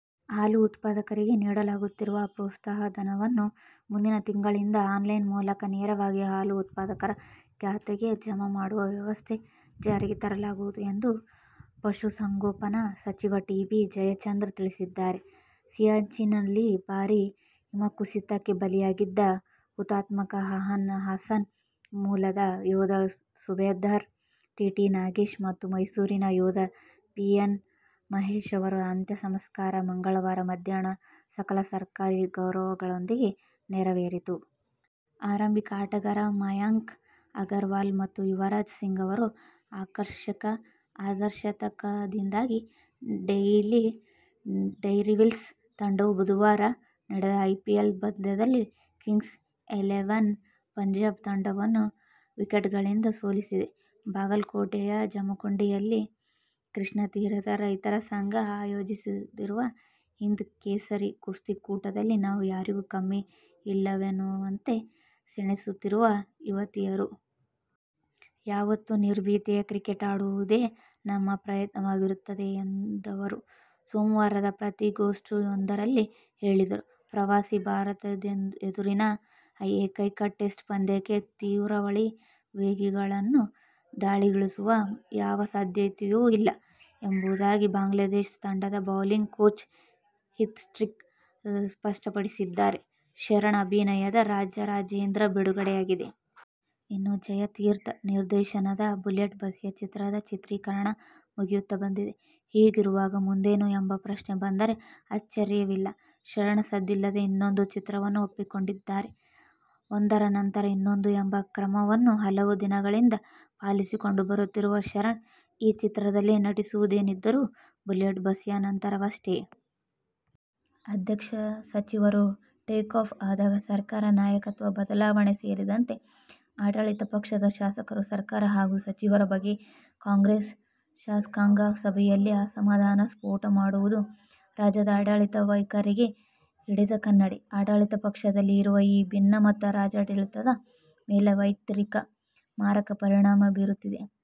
ಹಾಲು ಉತ್ಪಾದಕರಿಗೆ ನೀಡಲಾಗುತ್ತಿರುವ ಪ್ರೋತ್ಸಾಹಧನವನ್ನು ಮುಂದಿನ ತಿಂಗಳಿಂದ ಆನ್ಲೈನ್ ಮೂಲಕ ನೇರವಾಗಿ ಹಾಲು ಉತ್ಪಾದಕರ ಖಾತೆಗೆ ಜಮೆ ಮಾಡುವ ವ್ಯವಸ್ಥೆ ಜಾರಿಗೆ ತರಲಾಗುವುದು ಎಂದು ಪಶುಸಂಗೋಪನಾ ಸಚಿವ ಟಿ. ಬಿ. ಜಯಚಂದ್ರ ತಿಳಿಸಿದ್ದಾರೆ. ಸಿಯಾಚಿನ್ ನಲ್ಲಿ ಭಾರೀ ಹಿಮಕುಸಿತಕ್ಕೆ ಬಲಿಯಾಗಿದ್ದ ಹುತಾತ್ಮ ಹಾಸನ ಮೂಲದ ಯೋಧ ಸುಬೇದಾರ್ ಟಿಟಿ ನಾಗೇಶ್ ಮತ್ತು ಮೈಸೂರಿನ ಯೋಧ ಪಿಎನ್ ಮಹೇಶ್ ಅವರ ಅಂತ್ಯಸಂಸ್ಕಾರ ಮಂಗಳವಾರ ಮಧ್ಯಾಹ್ನ ಸಕಲ ಸರ್ಕಾರಿ ಗೌರವಗಳೊಂದಿಗೆ ನೆರವೇರಿತು. ಆರಂಭಿಕ ಆಟಗಾರ ಮಯಾಂಕ್ ಅಗರ್ವಾಲ್ ಮತ್ತು ಯುವರಾಜ್ ಸಿಂಗ್ ಅವರ ಆಕರ್ಷಕ ಅರ್ಧಶತಕದಿಂದಾಗಿ ಡೆಲ್ಲಿ ಡೇರ್ಡೆವಿಲ್ಸ್ ತಂಡವು ಬುಧವಾರ ನಡೆದ ಐಪಿಎಲ್ ಪಂದ್ಯದಲ್ಲಿ ಕಿಂಗ್ಸ್ ಇಲೆವನ್ ಪಂಜಾಬ್ ತಂಡವನ್ನು ವಿಕೆಟ್ಗಳಿಂದ ಸೋಲಿಸಿದೆ. ಬಾಗಲಕೋಟೆಯ ಜಮಖಂಡಿಯಲ್ಲಿ ಕೃಷ್ಣಾತೀರದ ರೈತರ ಸಂಘ ಆಯೋಜಿಸಿರುವ 'ಹಿಂದ್ ಕೇಸರಿ' ಕುಸ್ತಿ ಕೂಟದಲ್ಲಿ ನಾವ್ ಯಾರಿಗೂ ಕಮ್ಮಿ ಇಲ್ಲವೆನ್ನುವಂತೆ ಸೆಣಸುತ್ತಿರುವ ಯುವತಿಯರು. ಯಾವತ್ತೂ ನಿರ್ಭೀತಿಯ ಕ್ರಿಕೆಟ್ ಆಡುವುದೇ ನಮ್ಮ ಪ್ರಯತ್ನವಾಗಿರುತ್ತದೆ ಎಂದವರು ಸೋಮವಾರದ ಪತ್ರಿಕಾಗೋಷ್ಠಿಯೊಂದರಲ್ಲಿ ಹೇಳಿದರು. ಪ್ರವಾಸಿ ಭಾರತದೆದುರಿನ ಏಕೈಕ ಟೆಸ್ಟ್ ಪಂದ್ಯಕ್ಕೆ ತ್ರಿವಳಿ ವೇಗಿಗಳನ್ನು ದಾಳಿಗಿಳಿಸುವ ಯಾವ ಸಾಧ್ಯತೆಯೂ ಇಲ್ಲ ಎಂಬುದಾಗಿ ಬಾಂಗ್ಲಾದೇಶ ತಂಡದ ಬೌಲಿಂಗ್ ಕೋಚ್ ಹೀತ್ ಸ್ಟ್ರೀಕ್ ಸ್ಪಷ್ಟಪಡಿಸಿದ್ದಾರೆ. ಶರಣ್ ಅಭಿನಯದ "ರಾಜ ರಾಜೇಂದ್ರ' ಬಿಡುಗಡೆಯಾಗಿದೆ. ಇನ್ನು ಜಯತೀರ್ಥ ನಿರ್ದೇಶನದ "ಬುಲೆಟ್ ಬಸ್ಯ' ಚಿತ್ರದ ಚಿತ್ರೀಕರಣ ಮುಗಿಯುತ್ತಾ ಬಂದಿದೆ. ಹೀಗಿರುವಾಗ ಮುಂದೇನು ಎಂಬ ಪ್ರಶ್ನೆ ಬಂದರೆ ಆಶ್ಚರ್ಯವಿಲ್ಲ. ಶರಣ್ ಸದ್ದಿಲ್ಲದೆ ಇನ್ನೊಂದು ಚಿತ್ರವನ್ನು ಒಪ್ಪಿಕೊಂಡಿದ್ದಾರೆ. ಒಂದರ ನಂತರ ಇನ್ನೊಂದು ಎಂಬ ಕ್ರಮವನ್ನು ಹಲವು ದಿನಗಳಿಂದ ಪಾಲಿಸಿಕೊಂಡು ಬರುತ್ತಿರುವ ಶರಣ್, ಈ ಚಿತ್ರದಲ್ಲಿ ನಟಿಸುವುದೇನಿದ್ದರೂ "ಬುಲೆಟ್ ಬಸ್ಯ' ನಂತರವಷ್ಟೇ. "ಅದಕ್ಷ ಸಚಿವರು, ಟೇಕ್ ಆಫ್ ಆಗದ ಸರ್ಕಾರ, ನಾಯಕತ್ವ ಬದಲಾವಣೆ ಸೇರಿದಂತೆ ಆಡಳಿತ ಪಕ್ಷದ ಶಾಸಕರು ಸರ್ಕಾರ ಹಾಗೂ ಸಚಿವರ ಬಗ್ಗೆಯೇ ಕಾಂಗ್ರೆಸ್ ಶಾಸಕಾಂಗ ಸಭೆಯಲ್ಲಿ ಅಸಮಾಧಾನ ಸ್ಫೋಟ ಮಾಡುವುದು ರಾಜ್ಯದ ಆಡಳಿತ ವೈಖರಿಗೆ ಹಿಡಿದ ಕನ್ನಡಿ. ಆಡಳಿತ ಪಕ್ಷದಲ್ಲಿ ಇರುವ ಈ ಭಿನ್ನಮತ ರಾಜ್ಯಾಡಳಿತದ ಮೇಲೆ ವ್ಯತಿರಿಕ್ತ ಮಾರಕ ಪರಿಣಾಮ ಬೀರುತ್ತಿದೆ.